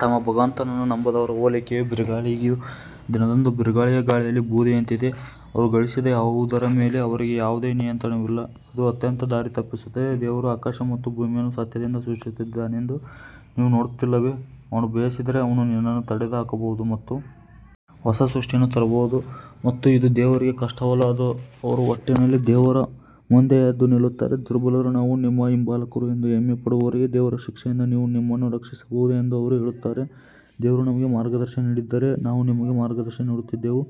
ತಮ್ಮ ಭಗವಂತನನ್ನು ನಂಬದವರ ಹೋಲಿಕೆಯು ಬಿರುಗಾಳಿಯ ದಿನದಂದು ಬಿರುಗಾಳಿಯ ಗಾಳಿಯಲ್ಲಿ ಬೂದಿಯಂತಿದೆ, ಅವರು ಗಳಿಸಿದ ಯಾವುದರ ಮೇಲೆ ಅವರಿಗೆ ಯಾವುದೇ ನಿಯಂತ್ರಣವಿಲ್ಲ ಅದು ಅತ್ಯಂತ ದಾರಿತಪ್ಪಿಸುತ್ತದೆ. ದೇವರು ಆಕಾಶ ಮತ್ತು ಭೂಮಿಯನ್ನು ಸತ್ಯದಿಂದ ಸೃಷ್ಟಿಸಿದ್ದಾನೆಂದು ನೀವು ನೋಡುತ್ತಿಲ್ಲವೇ, ಅವನು ಬಯಸಿದರೆ ಅವನು ನಿನ್ನನ್ನು ತೊಡೆದುಹಾಕಬಹುದು ಮತ್ತು ಹೊಸ ಸೃಷ್ಟಿಯನ್ನು ತರಬಹುದು ಮತ್ತು ಇದು ದೇವರಿಗೆ ಕಷ್ಟವಲ್ಲ ಅವರು ಒಟ್ಟಿನಲ್ಲಿ ದೇವರ ಮುಂದೆ ಎದ್ದು ನಿಲ್ಲುತ್ತಾರೆ ದುರ್ಬಲರು ನಾವು ನಿಮ್ಮ ಹಿಂಬಾಲಕರು ಎಂದು ಹೆಮ್ಮೆ ಪಡುವವರಿಗೆ ದೇವರ ಶಿಕ್ಷೆಯಿಂದ ನೀವು ನಮ್ಮನ್ನು ರಕ್ಷಿಸಬಹುದೇ ಎಂದು ಅವರು ಹೇಳುತ್ತಾರೆ ದೇವರು ನಮಗೆ ಮಾರ್ಗದರ್ಶನ ನೀಡಿದ್ದರೆ ನಾವು ನಿಮಗೆ ಮಾರ್ಗದರ್ಶನ ನೀಡುತ್ತಿದ್ದೆವು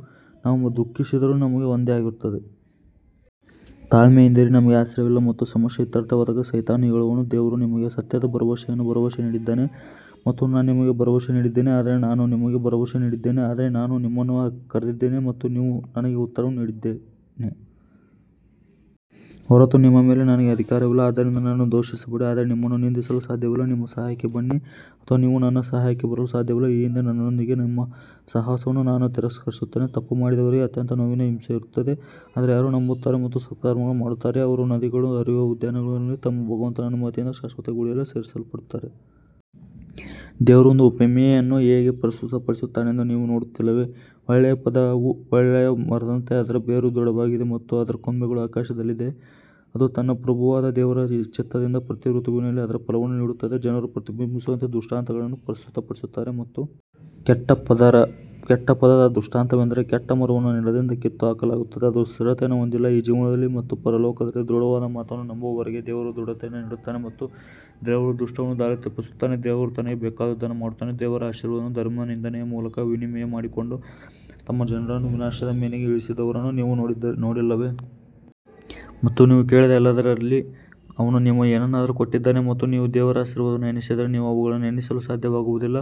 ನಾವು ದುಃಖಿಸಿದರೂ ನಮಗೆ ಒಂದೇ ಆಗಿರುತ್ತದೆ. ತಾಳ್ಮೆಯಿಂದಿರಿ ನಮಗೆ ಆಶ್ರಯವಿಲ್ಲ ಮತ್ತು ಸಮಸ್ಯೆ ಇತ್ಯರ್ಥವಾದಾಗ ಸೈತಾನನು ಹೇಳುವನು, ದೇವರು ನಿಮಗೆ ಸತ್ಯದ ಭರವಸೆಯನ್ನು ಭರವಸೆ ನೀಡಿದ್ದಾನೆ ಮತ್ತು ನಾನು ನಿಮಗೆ ಭರವಸೆ ನೀಡಿದ್ದೇನೆ ಆದರೆ ನಾನು ನಿಮಗೆ ಭರವಸೆ ನೀಡಿದ್ದೇನೆ ಆದರೆ ನಾನು ನಿಮ್ಮನ್ನು ಕರೆದಿದ್ದೇನೆ ಮತ್ತು ನೀವು ನನಗೆ ಉತ್ತರವನ್ನು ನೀಡಿದ್ದೇನೆ ಹೊರತು ನಿಮ್ಮ ಮೇಲೆ ನನಗೆ ಅಧಿಕಾರವಿಲ್ಲ ಆದ್ದರಿಂದ ನನ್ನನ್ನು ದೂಷಿಸಬೇಡಿ ಆದರೆ ನಿಮ್ಮನ್ನು ನಿಂದಿಸಲು ಸಾಧ್ಯವಿಲ್ಲ ನಿಮ್ಮ ಸಹಾಯಕ್ಕೆ ಬನ್ನಿ ಅಥವಾ ನೀವು ನನ್ನ ಸಹಾಯಕ್ಕೆ ಬರಲು ಸಾಧ್ಯವಿಲ್ಲ ಈ ಹಿಂದೆ ನನ್ನೊಂದಿಗೆ ನಿಮ್ಮ ಸಹವಾಸವನ್ನು ನಾನು ತಿರಸ್ಕರಿಸುತ್ತೇನೆ ತಪ್ಪು ಮಾಡಿದವರಿಗೆ ಅತ್ಯಂತ ನೋವಿನ ಹಿಂಸೆ ಇರುತ್ತದೆ ಆದರೆ ಯಾರು ನಂಬುತ್ತಾರೆ ಮತ್ತು ಸತ್ಕರ್ಮಗಳನ್ನು ಮಾಡುತ್ತಾರೆಯೋ ಅವರು ನದಿಗಳು ಹರಿಯುವ ಉದ್ಯಾನವನಗಳಲ್ಲಿ ತಮ್ಮ ಭಗವಂತನ ಅನುಮತಿಯಿಂದ ಶಾಶ್ವತವಾಗಿ ಉಳಿಯಲು ಸೇರಿಸಲ್ಪಡುತ್ತಾರೆ. ದೇವರು ಒಂದು ಉಪಮೆಯನ್ನು ಹೇಗೆ ಪ್ರಸ್ತುತಪಡಿಸುತ್ತಾನೆಂದು ನೀವು ನೋಡುತ್ತಿಲ್ಲವೇ, ಒಳ್ಳೆಯ ಪದವು ಒಳ್ಳೆಯ ಮರದಂತೆ ಅದರ ಬೇರು ದೃಢವಾಗಿದೆ ಮತ್ತು ಅದರ ಕೊಂಬೆಗಳು ಆಕಾಶದಲ್ಲಿದೆ ಅದು ತನ್ನ ಪ್ರಭುವಾದ ದೇವರ ಚಿತ್ತದಿಂದ ಪ್ರತಿ ಋತುವಿನಲ್ಲಿ ಅದರ ಫಲವನ್ನು ನೀಡುತ್ತದೆ, ಜನರು ಪ್ರತಿಬಿಂಬಿಸುವಂತೆ ದೃಷ್ಟಾಂತಗಳನ್ನು ಪ್ರಸ್ತುತಪಡಿಸುತ್ತಾರೆ ಮತ್ತು ಕೆಟ್ಟ ಕೆಟ್ಟ ಪದದ ದೃಷ್ಟಾಂತವೆಂದರೆ ಕೆಟ್ಟ ಮರವನ್ನು ನೆಲದಿಂದ ಕಿತ್ತುಹಾಕಲಾಗುತ್ತದೆ, ಅದು ಸ್ಥಿರತೆಯನ್ನು ಹೊಂದಿಲ್ಲ ಈ ಜೀವನದಲ್ಲಿ ಮತ್ತು ಪರಲೋಕದಲ್ಲಿ ದೃಢವಾದ ಮಾತನ್ನು ನಂಬುವವರಿಗೆ ದೇವರು ದೃಢತೆಯನ್ನು ನೀಡುತ್ತಾನೆ ಮತ್ತು ದೇವರು ದುಷ್ಟರನ್ನು ದಾರಿತಪ್ಪಿಸುತ್ತಾನೆ ದೇವರು ತನಗೆ ಬೇಕಾದುದನ್ನು ಮಾಡುತ್ತಾನೆ ದೇವರ ಆಶೀರ್ವಾದವನ್ನು ಧರ್ಮನಿಂದೆಯ ಮೂಲಕ ವಿನಿಮಯ ಮಾಡಿಕೊಂಡು ತಮ್ಮ ಜನರನ್ನು ವಿನಾಶದ ಮನೆಗೆ ಇಳಿಸಿದವರನ್ನು ನೀವುನೋಡಿ ನೋಡಿಲ್ಲವೇ? ಮತ್ತು ನೀವು ಕೇಳಿದ ಎಲ್ಲದರಲ್ಲಿ ಅವನು ನಿಮಗೆ ಏನನ್ನಾದರೂ ಕೊಟ್ಟಿದ್ದಾನೆ ಮತ್ತು ನೀವು ದೇವರ ಆಶೀರ್ವಾದಗಳನ್ನು ಎಣಿಸಿದರೆ ನೀವು ಅವುಗಳನ್ನು ಎಣಿಸಲು ಸಾಧ್ಯವಾಗುವುದಿಲ್ಲ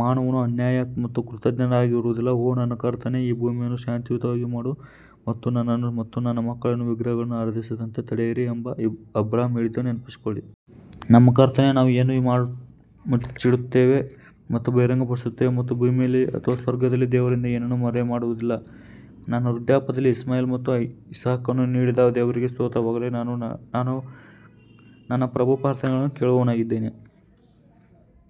ಮಾನವನು ಅನ್ಯಾಯ ಮತ್ತು ಕೃತಜ್ಞನಾಗಿರುವುದಿಲ್ಲ ಓ ನನ್ನ ಕರ್ತನೇ ಈ ಭೂಮಿಯನ್ನು ಶಾಂತಿಯುತವಾಗಿ ಮಾಡು ಮತ್ತು ನನ್ನನ್ನು ಮತ್ತು ನನ್ನ ಮಕ್ಕಳನ್ನು ವಿಗ್ರಹಗಳನ್ನು ಆರಾಧಿಸದಂತೆ ತಡೆಯಿರಿ ಎಂದು ಅಬ್ರಹಾಂ ಹೇಳಿದ್ದನ್ನು ನೆನಪಿಸಿಕೊಳ್ಳಿ. ನಮ್ಮ ಕರ್ತನೇ, ನಾವು ಏನು ಮುಚ್ಚಿಡುತ್ತೇವೆ ಮತ್ತು ಬಹಿರಂಗಪಡಿಸುತ್ತೇವೆ ಮತ್ತು ಭೂಮಿಯಲ್ಲಿ ಅಥವಾ ಸ್ವರ್ಗದಲ್ಲಿ ದೇವರಿಂದ ಏನನ್ನೂ ಮರೆಮಾಡುವುದಿಲ್ಲ ನನ್ನ ವೃದ್ಧಾಪ್ಯದಲ್ಲಿ ಇಸ್ಮಾಯಿಲ್ ಮತ್ತು ಇಸಾಕ್ ಅನ್ನು ನೀಡಿದ ದೇವರಿಗೆ ಸ್ತೋತ್ರವಾಗಲಿ, ನಾನು ನನ್ನ ಪ್ರಭು ಪ್ರಾರ್ಥನೆಗಳನ್ನು ಕೇಳುವವನಾಗಿದ್ದಾನೆ.